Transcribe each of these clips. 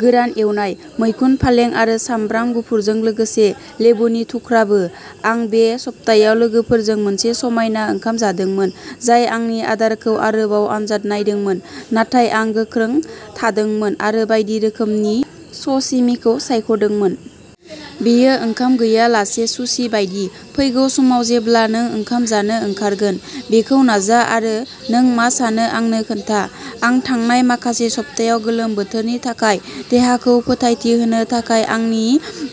गोरान एवनाय, मैखुन, फालें आरो सामब्राम गुफुरजों लोगोसे लेबुनि थुख्राबो। आं बे सप्तायाव लोगोफोरजों मोनसे समायना ओंखाम जादोंमोन, जाय आंनि आदारखौ आरोबाव आनजाद नायदोंमोन, नाथाय आं गोख्रों थादोंमोन आरो बायदि रोखोमनि सशिमिखौ सायख'दोंमोन। बेयो ओंखाम गैयालासे सुशि बायदि। फैगौ समाव जेब्ला नों ओंखाम जानो ओंखारगोन, बेखौ नाजा आरो नों मा सानो आंनो खोन्था। आं थांनाय माखासे सप्तायाव गोलोम बोथोरनि थाखाय देहाखौ फोथायथि होनो थाखाय आंनि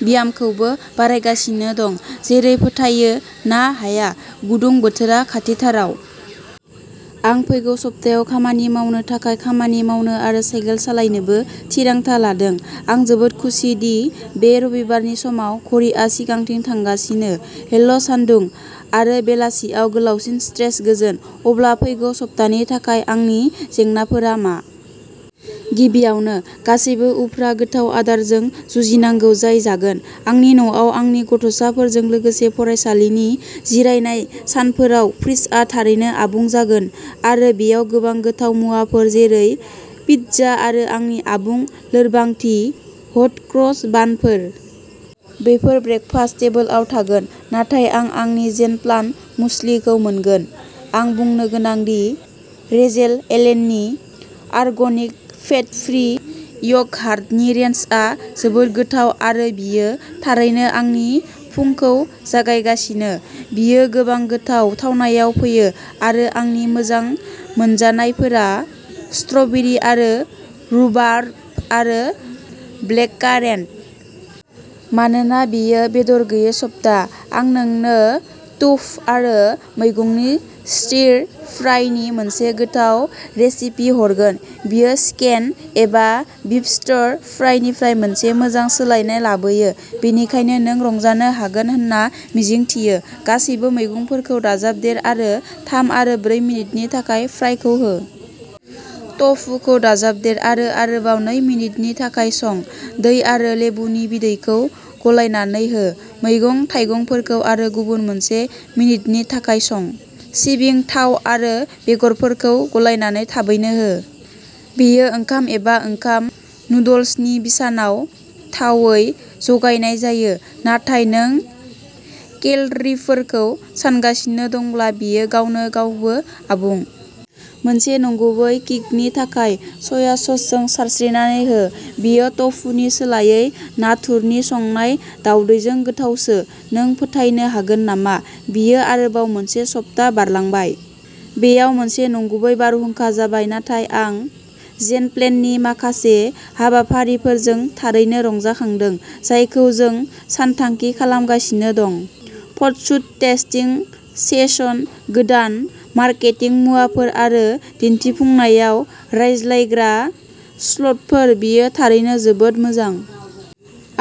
ब्यामखौबो बारायगासिनो दं, जेरै फोथायो ना हाया गुदुं बोथोरा खाथिथाराव। आं फैगौ सप्तायाव खामानि मावनो थाखाय खामानि मावनो आरो साइकेल सालायनोबो थिरांथा लादों। आं जोबोद खुसि दि बे रबिबारनि समाव घरिआ सिगांथिं थांगासिनो हेल' सानदुं आरो बेलासियाव गोलावसिन स्ट्रेच गोजोन। अब्ला फैगौ सप्तानि थाखाय आंनि जेंनाफोरा मा? गिबियावनो, गासैबो उफ्रा गोथाव आदारजों जुजिनांगौ जाय जागोन। आंनि न'आव आंनि गथ'साफोरजों लोगोसे फरायसालिनि जिरायनाय सानफोराव फ्रिजआ थारैनो आबुं जागोन आरो बेयाव गोबां गोथाव मुवाफोर जेरै पिज्जा आरो आंनि आबुं लोरबांथि हट क्रस बानफोर। बेफोर ब्रेकफास्ट टेबोलाव थागोन नाथाय आं आंनि जेन प्लान मुसलिखौ मोनगोन। आं बुंनो गोनां दि रेचेल एलेननि अर्गेनिक फेट फ्रि य'गहार्टनि रेन्जआ जोबोद गोथाव आरो बेयो थारैनो आंनि फुंखौ जागायगासिनो! बेयो गोबां गोथाव थावनायाव फैयो आरो आंनि मोजां मोनजानायफोरा स्ट्र'बेरि आरो रुबार्ब आरो ब्लेककारेन्ट। मानोना बेयो बेदर गैयै सप्ता, आं नोंनो ट'फु आरो मैगंनि स्टिर फ्राइनि मोनसे गोथाव रेसिपि हरगोन। बेयो चिकेन एबा बिफ स्टिर फ्राइनिफ्राय मोनसे मोजां सोलायनाय लाबोयो, बेनिखायनो नों रंजानो हागोन होनना मिजिंथियो। गासैबो मैगंफोरखौ दाजाबदेर आरो थाम आरो ब्रै मिनिटनि थाखाय फ्राइखौ हो। ट'फुखौ दाजाबदेर आरो आरोबाव नै मिनिटनि थाखाय सं। दै आरो लेबुनि बिदैखौ गलायनानै हो। मैगं थाइगंफोरखौ आरो गुबुन मोनसे मिनिटनि थाखाय सं। सिबिं थाव आरो बेगरफोरखौ गलायनानै थाबैनो हो। बेयो ओंखाम एबा ओंखाम नुडल्सनि बिसानाव गोथावै जगायनाय जायो, नाथाय नों केल'रिफोरखौ सानगासिनो दंब्ला, बेयो गावनो गावबो आबुं। मोनसे नंगुबै किकनि थाखाय, सय ससजों सारस्रिनानै हो। बेयो टफुनि सोलायै नाथुरनि संनाय दावदैजों गोथावसो। नों फोथायनो हागोन नामा बेयो आरोबाव मोनसे सप्ता बारलांबाय? बेयाव मोनसे नंगुबै बारहुंखा जाबाय नाथाय आं जेन प्लेननि माखासे हाबाफारिफोरजों थारैनो रंजाखांदों जायखौ जों सानथांखि खालामगासिनो दं फटसुट, टेस्टिं सेसन, गोदान मार्केटिं मुवाफोर आरो दिन्थिफुंनायाव रायज्लायग्रा स्लटफोर बेयो थारैनो जोबोद मोजां।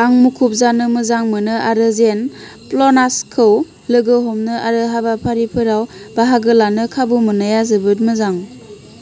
आं मुखुब जानो मोजां मोनो आरो जेन प्लानार्सखौ लोगो हमनो आरो हाबाफारिफोराव बाहागो लानो खाबु मोननाया जोबोद मोजां।